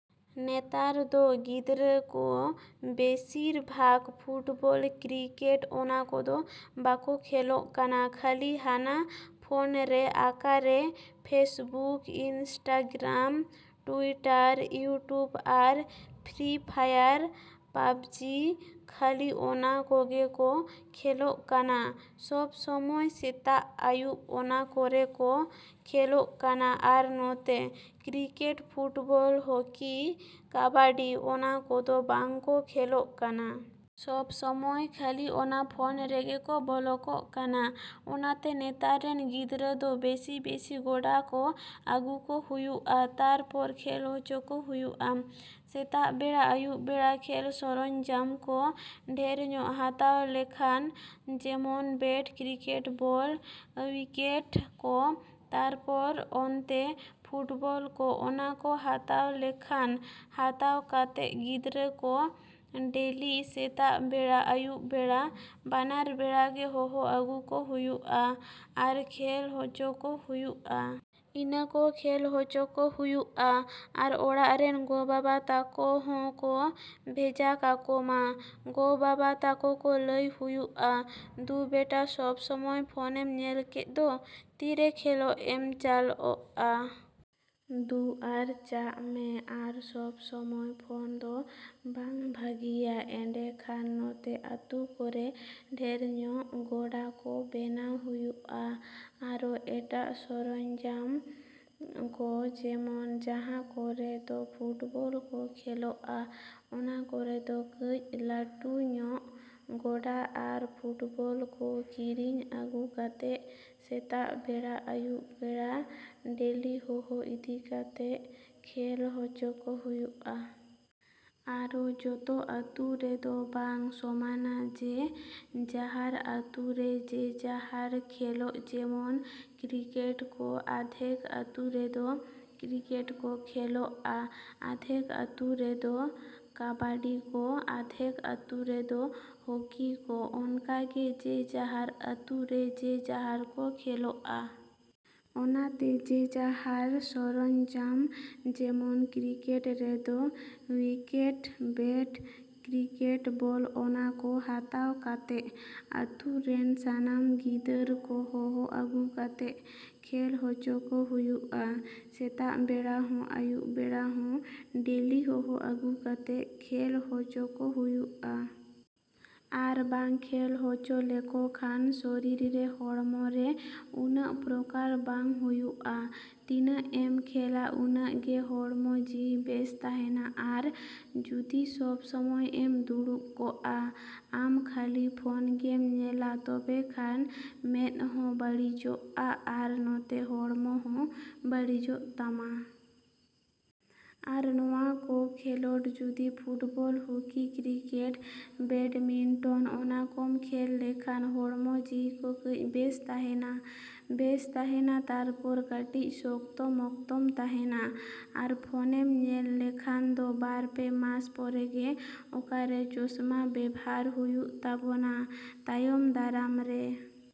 ᱱᱮᱛᱟᱨ ᱫᱚ ᱜᱤᱫᱽᱨᱟᱹ ᱠᱚ ᱵᱮᱥᱤᱨ ᱵᱷᱟᱜᱽ ᱯᱷᱩᱴᱵᱚᱞ ᱠᱨᱤᱠᱮᱴ ᱚᱱᱟ ᱠᱚᱫᱚ ᱵᱟᱠᱚ ᱠᱷᱮᱞᱚᱜ ᱠᱟᱱᱟ᱾ ᱠᱷᱟᱹᱞᱤ ᱦᱟᱱᱟ ᱯᱷᱚᱱ ᱨᱮ ᱟᱠᱟᱨᱮ ᱯᱷᱮᱥᱵᱩᱠ ᱤᱱᱥᱴᱟᱜᱨᱟᱢ ᱴᱩᱭᱴᱟᱨ ᱤᱭᱩᱴᱩᱵᱽ ᱟᱨ ᱯᱷᱨᱤ ᱯᱷᱟᱭᱟᱨ ᱯᱟᱵᱡᱤ ᱠᱷᱟᱹᱞᱤ ᱚᱱᱟ ᱠᱚᱜᱮ ᱠᱚ ᱠᱷᱮᱞᱚᱜ ᱠᱟᱱᱟ᱾ ᱥᱚᱵ ᱥᱚᱢᱚᱭ ᱥᱮᱛᱟᱜᱼᱟᱹᱭᱩᱵ ᱚᱱᱟ ᱠᱚᱨᱮ ᱠᱚ ᱠᱷᱮᱞᱚᱜ ᱠᱟᱱᱟ ᱟᱨ ᱱᱚᱛᱮ ᱠᱨᱤᱠᱮᱴ ᱯᱷᱩᱴᱵᱚᱞ ᱦᱚᱠᱤ ᱠᱟᱵᱟᱰᱤ ᱚᱱᱟ ᱠᱚᱫᱚ ᱵᱟᱝ ᱠᱚ ᱠᱷᱮᱞᱚᱜ ᱠᱟᱱᱟ᱾ ᱥᱚᱵ ᱥᱚᱢᱚᱭ ᱠᱷᱟᱹᱞᱤ ᱚᱱᱟ ᱯᱷᱚᱱ ᱨᱮᱜᱮ ᱠᱚ ᱵᱚᱞᱚ ᱠᱚᱜ ᱠᱟᱱᱟ᱾ ᱚᱱᱟᱛᱮ ᱱᱮᱛᱟᱨ ᱨᱮᱱ ᱜᱤᱫᱽᱨᱟᱹ ᱫᱚ ᱵᱮᱥᱤᱼᱵᱮᱥᱤ ᱜᱚᱰᱟ ᱠᱚ ᱟᱹᱜᱩ ᱠᱚ ᱦᱩᱭᱩᱜᱼᱟ ᱛᱟᱨᱯᱚᱨ ᱠᱷᱮᱞ ᱦᱚᱪᱚ ᱠᱚ ᱦᱩᱭᱩᱜᱼᱟ᱾ ᱥᱮᱛᱟᱜ ᱵᱮᱲᱟ ᱟᱹᱭᱩᱵ ᱵᱮᱲᱟ ᱠᱷᱮᱞ ᱥᱚᱨᱚᱧᱡᱟᱢ ᱠᱚ ᱰᱷᱮᱨ ᱧᱚᱜ ᱦᱟᱛᱟᱣ ᱞᱮᱠᱷᱟᱱ ᱡᱮᱢᱚᱱ ᱵᱮᱴ ᱠᱨᱤᱠᱮᱴ ᱵᱚᱞ ᱣᱤᱠᱮᱴ ᱠᱚ ᱛᱟᱨᱯᱚᱨ ᱚᱱᱛᱮ ᱯᱷᱩᱴᱵᱚᱞ ᱠᱚ ᱚᱱᱟ ᱠᱚ ᱦᱟᱛᱟᱣ ᱞᱮᱠᱷᱟᱱ ᱦᱟᱛᱟᱣ ᱠᱟᱛᱮᱜ ᱜᱤᱫᱽᱨᱟᱹ ᱠᱚ ᱰᱮᱞᱤ ᱥᱮᱛᱟᱜ ᱵᱮᱲᱟ ᱟᱹᱭᱩᱵ ᱵᱮᱲᱟ ᱵᱟᱱᱟᱨ ᱵᱮᱲᱟ ᱜᱮ ᱦᱚᱦᱚ ᱟᱹᱜᱩ ᱠᱚ ᱦᱩᱭᱩᱜᱼᱟ ᱟᱨ ᱠᱷᱮᱞ ᱦᱚᱪᱚ ᱠᱚ ᱦᱩᱭᱩᱜᱼᱟ᱾ ᱤᱱᱟᱹ ᱠᱚ ᱠᱷᱮᱞ ᱦᱚᱪᱚ ᱠᱚ ᱦᱩᱭᱩᱜᱼᱟ ᱟᱨ ᱚᱲᱟᱜ ᱨᱮᱱ ᱜᱚ ᱵᱟᱵᱟ ᱛᱟᱠᱚ ᱦᱚᱸ ᱠᱚ ᱵᱷᱮᱡᱟ ᱠᱟᱠᱚᱢᱟ᱾ ᱜᱚ ᱵᱟᱵᱟ ᱛᱟᱠᱚ ᱠᱚ ᱞᱟᱹᱭ ᱦᱩᱭᱩᱜᱼᱟ ᱫᱩ ᱵᱮᱴᱟ ᱥᱚᱵ ᱥᱚᱢᱚᱭ ᱯᱷᱚᱱᱮᱢ ᱧᱮᱞ ᱠᱮᱫ ᱫᱚ ᱛᱤᱨᱮ ᱠᱷᱮᱞᱚᱜ ᱮᱢ ᱪᱟᱞᱜ-ᱟ ᱾ ᱫᱩ ᱟᱨ ᱪᱟᱜ ᱢᱮ ᱟᱨ ᱥᱚᱵ ᱥᱚᱢᱚᱭ ᱯᱷᱚᱱ ᱫᱚ ᱵᱟᱝ ᱵᱷᱟᱹᱜᱤᱭᱟ ᱮᱱᱰᱮᱠᱷᱟᱱ ᱱᱚᱛᱮ ᱟᱹᱛᱩ ᱠᱚᱨᱮ ᱰᱷᱮᱨ ᱧᱚᱜ ᱜᱚᱰᱟ ᱠᱚ ᱵᱮᱱᱟᱣ ᱦᱩᱭᱩᱜᱼᱟ᱾ ᱟᱨᱚ ᱮᱴᱟᱜ ᱥᱚᱨᱚᱧᱡᱟᱢ ᱠᱚ ᱡᱮᱢᱚᱱ ᱡᱟᱦᱟᱸ ᱠᱚᱨᱮ ᱫᱚ ᱯᱷᱩᱴᱵᱚᱞ ᱠᱚ ᱠᱷᱮᱞᱚᱜᱼᱟ ᱚᱱᱟ ᱠᱚᱨᱮ ᱫᱚ ᱠᱟᱹᱡ ᱞᱟᱹᱴᱩ ᱧᱚᱜ ᱜᱚᱰᱟ ᱟᱨ ᱯᱷᱩᱴᱵᱚᱞ ᱠᱚ ᱠᱤᱨᱤᱧ ᱟᱹᱜᱩ ᱠᱟᱛᱮᱜ ᱥᱮᱛᱟᱜ ᱵᱮᱲᱟ ᱟᱹᱭᱩᱵ ᱵᱮᱲᱟ ᱰᱮᱞᱤ ᱦᱚᱦᱚ ᱤᱫᱤ ᱠᱟᱛᱮᱜ ᱠᱷᱮᱞ ᱦᱚᱪᱚ ᱠᱚ ᱦᱩᱭᱩᱜᱼᱟ᱾ ᱟᱨᱦᱚ ᱡᱚᱛᱚ ᱟᱹᱛᱩ ᱨᱮᱫᱚ ᱵᱟᱝ ᱥᱚᱢᱟᱱᱟ ᱡᱮ ᱡᱟᱦᱟᱨ ᱟᱹᱛᱩ ᱨᱮ ᱡᱮ ᱡᱟᱦᱟᱨ ᱠᱷᱮᱞᱚᱜ ᱡᱮᱢᱚᱱ ᱠᱨᱤᱠᱮᱴ ᱠᱚ ᱟᱫᱷᱮᱠ ᱟᱹᱛᱩ ᱨᱮᱫᱚ ᱠᱨᱤᱠᱮᱴ ᱠᱚ ᱠᱷᱮᱞᱚᱜᱼᱟ ᱟᱫᱷᱮᱠ ᱟᱹᱛᱩ ᱨᱮᱫᱚ ᱠᱟᱵᱟᱰᱤ ᱠᱚ ᱟᱫᱷᱮᱠ ᱟᱹᱛᱩ ᱨᱮᱫᱚ ᱦᱚᱠᱤ ᱠᱚ᱾ ᱚᱱᱠᱟᱜᱮ ᱡᱮ ᱡᱟᱦᱟᱨ ᱟᱹᱛᱩ ᱨᱮ ᱡᱮ ᱡᱟᱦᱟᱨ ᱠᱚ ᱠᱷᱮᱞᱚᱜᱼᱟ᱾ ᱚᱱᱟᱛᱮ ᱡᱮ ᱡᱟᱦᱟᱨ ᱥᱚᱨᱚᱧᱡᱟᱢ ᱡᱮᱢᱚᱱ ᱠᱨᱤᱠᱮᱴ ᱨᱮᱫᱚ ᱣᱤᱠᱮᱴ ᱵᱮᱴ ᱠᱨᱤᱠᱮᱴ ᱵᱚᱞ ᱚᱱᱟ ᱠᱚ ᱦᱟᱛᱟᱣ ᱠᱟᱛᱮᱜ ᱟᱹᱛᱩ ᱨᱮᱱ ᱥᱟᱱᱟᱢ ᱜᱤᱫᱟᱹᱨ ᱠᱚ ᱦᱚᱦᱚ ᱟᱹᱜᱩ ᱠᱟᱛᱮᱜ ᱠᱷᱮᱞ ᱦᱚᱪᱚ ᱠᱚ ᱦᱩᱭᱩᱜᱼᱟ᱾ ᱥᱮᱛᱟᱜ ᱵᱮᱲᱟ ᱦᱚᱸ ᱟᱹᱭᱩᱵ ᱵᱮᱲᱟ ᱦᱚᱸ ᱰᱮᱞᱤ ᱦᱚᱦᱚ ᱟᱹᱜᱩ ᱠᱟᱛᱮᱜ ᱠᱷᱮᱞ ᱦᱚᱪᱚ ᱠᱚ ᱦᱩᱭᱩᱜᱼᱟ᱾ ᱟᱨ ᱵᱟᱝ ᱠᱷᱮᱞ ᱦᱚᱪᱚ ᱞᱮᱠᱚ ᱠᱷᱟᱱ ᱥᱚᱨᱤᱨ ᱨᱮ ᱦᱚᱲᱢᱚ ᱨᱮ ᱩᱱᱟᱹᱜ ᱯᱨᱚᱠᱟᱨ ᱵᱟᱝ ᱦᱩᱭᱩᱜᱼᱟ᱾ ᱛᱤᱱᱟᱹᱜ ᱮᱢ ᱠᱷᱮᱞᱟ ᱩᱱᱟᱹᱜ ᱜᱮ ᱦᱚᱲᱢᱚ ᱡᱤᱣᱤ ᱵᱮᱥ ᱛᱟᱦᱮᱱᱟ ᱟᱨ ᱡᱩᱫᱤ ᱥᱚᱵ ᱥᱚᱢᱚᱭ ᱮᱢ ᱫᱩᱲᱩᱵ ᱠᱚᱜᱼᱟ ᱟᱢ ᱠᱷᱟᱹᱞᱤ ᱯᱷᱚᱱ ᱜᱮᱢ ᱧᱮᱞᱟ ᱛᱚᱵᱮ ᱠᱷᱟᱱ ᱢᱮᱫ ᱦᱚᱸ ᱵᱟᱹᱲᱤᱡᱚᱜᱼᱟ ᱟᱨ ᱱᱚᱛᱮ ᱦᱚᱲᱢᱚ ᱦᱚᱸ ᱵᱟᱹᱲᱤᱡᱚᱜ ᱛᱟᱢᱟ᱾ ᱟᱨ ᱱᱚᱣᱟ ᱠᱚ ᱠᱷᱮᱞᱚᱰ ᱡᱩᱫᱤ ᱯᱷᱩᱴᱵᱚᱞ ᱦᱚᱠᱤ ᱠᱨᱤᱠᱮᱴ ᱵᱮᱰᱢᱤᱱᱴᱚᱱ ᱚᱱᱟ ᱠᱚᱢ ᱠᱷᱮᱞ ᱞᱮᱠᱷᱟᱱ ᱦᱚᱲᱢᱚ ᱡᱤᱣᱤ ᱠᱚ ᱠᱟᱹᱡ ᱵᱮᱥ ᱛᱟᱦᱮᱱᱟ᱾ ᱵᱮᱥ ᱛᱟᱦᱮᱱᱟ ᱛᱟᱨᱯᱚᱨ ᱠᱟᱹᱴᱤᱡ ᱥᱚᱠᱛᱚ ᱢᱚᱠᱛᱚᱢ ᱛᱟᱦᱮᱱᱟ᱾ ᱟᱨ ᱯᱷᱚᱱᱮᱢ ᱧᱮᱞ ᱞᱮᱠᱷᱟᱱ ᱫᱚ ᱵᱟᱨ ᱯᱮ ᱢᱟᱥ ᱯᱚᱨᱮᱜᱮ ᱚᱠᱟᱨᱮ ᱪᱚᱥᱢᱟ ᱵᱮᱵᱷᱟᱨ ᱦᱩᱭᱩᱜ ᱛᱟᱵᱚᱱᱟ ᱛᱟᱭᱚᱢ ᱫᱟᱨᱟᱢ ᱨᱮ᱾